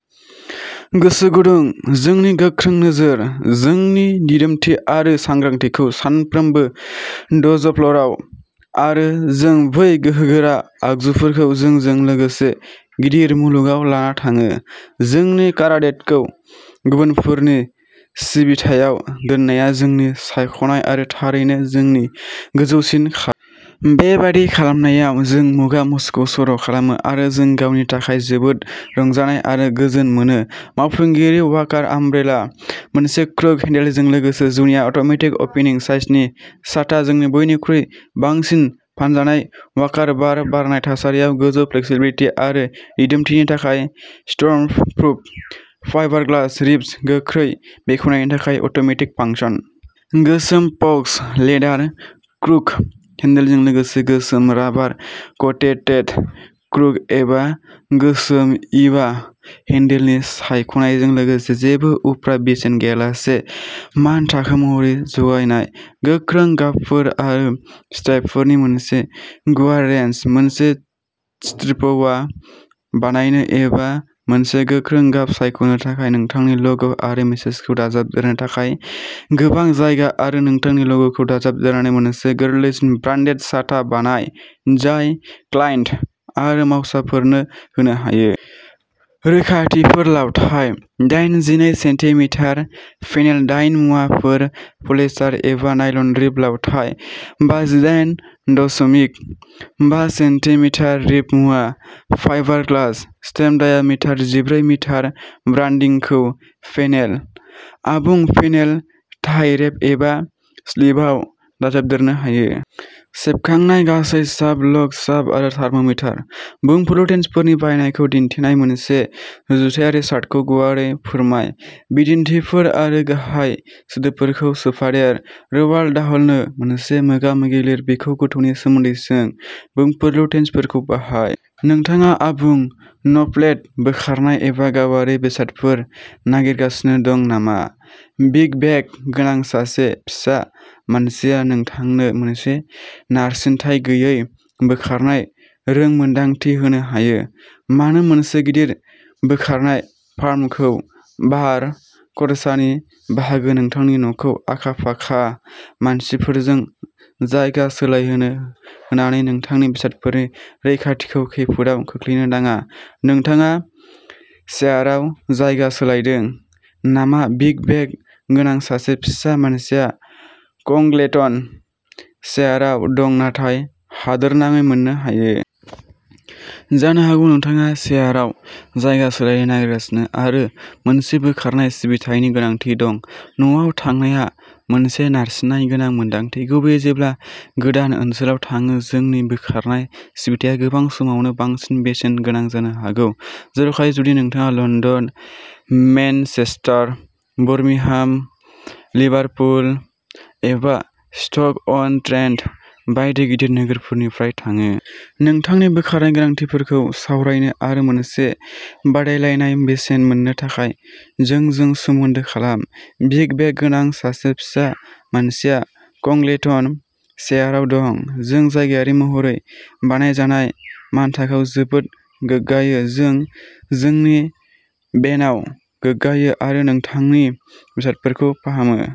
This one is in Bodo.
गोसो गुदुं, जोंनि गोख्रों नोजोर, जोंनि दिदोमथि आरो सांग्रांथिखौ सानफ्रोमबो द'ज'फ्ल'रआव। आरो जों बै गोहोगोरा आगजुफोरखौ जोंजों लोगोसे गिदिर मुलुगाव लाना थाङो। जोंनि काराटेड'खौ गुबुनफोरनि सिबिथायाव दोननाया जोंनि सायख'नाय, आरो थारैनो, जोंनि गोजौसिन खाबु। बेबादि खालामनायाव, जों मुगा मुचुखौ सर'खालामो, आरो जों गावनि थाखाय जोबोद रंजानाय आरो गोजोन मोनो। मावफुंगिरि वाकार आमब्रेला। मोनसे क्रुक हेन्डेलजों लोगोसे जुनिया अट'मेटिक अपेनिं साइजनि साथा-जोंनि बयनिख्रुइ बांसिन फानजानाय वाकार बार बारनाय थासारियाव गोजौ फ्लेक्सिबिलिटि आरो दिदोमथिनि थाखाय स्टर्मप्रुफ फाइबारग्लास रिब्स, गोख्रै बेखेवनायनि थाखाय अट'मेटिक फांसन। गोसोम फक्स लेदार क्रुक हेन्डेलजों लोगोसे गोसोम राबार क'टेटेड क्रुक एबा गोसोम इभा हेन्डेलनि सायख'नायजों लोगोसे जेबो उफ्रा बेसेन गैयालासे मानथाखो महरै जगायनाय। गोख्रों गाबफोर आरो स्ट्राइपफोरनि मोनसे गुवार रेन्ज। मोनसे स्ट्रिप व'वा बानायनो एबा मोनसे गोख्रों गाब सायख'नो थाखाय नोंथांनि ल'ग' आरो मेसेजखौ दाजाबदेरनो थाखाय गोबां जायगा आरो नोंथांनि ल'ग'खौ दाजाबदेरनानै मोनसे गोरलैसिन, ब्रान्डेड साथा बानाय, जाय क्लाइन्ट आरो मावसाफोरनो होनो हायो। रोखाथिफोर लावथाइ दायेनजिनै सेन्टि मिटार। पेनेल दायेन मुवाफोर पलियेस्टार एबा नायल'न रिब लावथाइ बाजिदायेन दशमिक बा सेन्टि मिटार रिब मुवा फाइबारग्लास। स्टेम डाया मिटार जिब्रै मिटार ब्रान्डिंखौ पेनेल, आबुं पेनेल, टाइ रेप एबा स्लिभआव दाजाबदेरनो हायो। सेबखांनाय गासै साब, ल'ग साब आरो थार्म'प्रिन्ट। बुंफुरलु टेन्सफोरनि बाहायनायखौ दिन्थिनाय मोनसे रुजुथायारि चार्टखौ गुवारै फोरमाय। बिदिन्थिफोर आरो गाहाय सोदोबफोरखौ सोफादेर। र'आल्ड डाहलनो मोनसे मोगा-मोगि लिर। बिखौ गथ'नि सोमोन्दै सों। बुंफुरलु टेन्सफोरखौ बाहाय। नोंथाङा आबुं न' फ्लेट बोखारनाय एबा गावारि बेसादफोर नागिरगासिनो दं नामा, बिग भेन गोनां सासे फिसा मानसिया नोंथांनो मोनसे नारसिनथाय गैयै बोखारनाय रोंमोनदांथि होनो हायो। मानो मोनसे गिदिर बोखारनाय फार्मखौ भार खरसानि बाहागो नोंथांनि न'खौ आखा-फाखा मानसिफोरजों जायगा सोलायहोनो होनानै नोंथांनि बेसादफोरनि रैखाथिखौ खैफोदआव खोख्लैनो नाङा नोंथाङा चेशायरआव जायगा सोलायदों नामा बिग भेन गोनां सासे फिसा मानसिया कंग्लेटन, चेशायरआव दं नाथाय हादोरनाङै मोननो हायो। जानो हागौ नोंथाङा चेशायरआव जायगा सोलायनो नागिरगासिनो आरो मोनसे बोखारनाय सिबिथायनि गोनांथि दं। न'आव थांनाया मोनसे नारसिननाय गोनां मोनदांथि, गुबैयै जेब्ला गोदान ओनसोलाव थांङो जोंनि बोखारनाय सिबिथाया गोबां समावनो बांसिन बेसेन गोनां जानो हागौ, जर'खायै जुदि नोंथाङा लन्दन, मेनचेस्टार, बर्मिंहाम, लिभारपुल एबा स्ट'क-अन-ट्रेन्ट बायदि गिदिर नोगोरफोरनिफ्राय थांङो। नोंथांनि बोखारनाय गोनांथिफोरखौ सावरायनो आरो मोनसे बादायलायनाय बेसेन मोननो थाखाय जोंजों सोमोन्दो खालाम। बिग भेन गोनां सासे फिसा मानसिया कंग्लेटन, चेशायरआव दं। जों जायगायारि महरै बानायजानाय मानथाखोआव जोबोद गोग्गायो जों जोंनि भेनआव गोग्गायो आरो नोंथांनि बेसादफोरखौ फाहामो।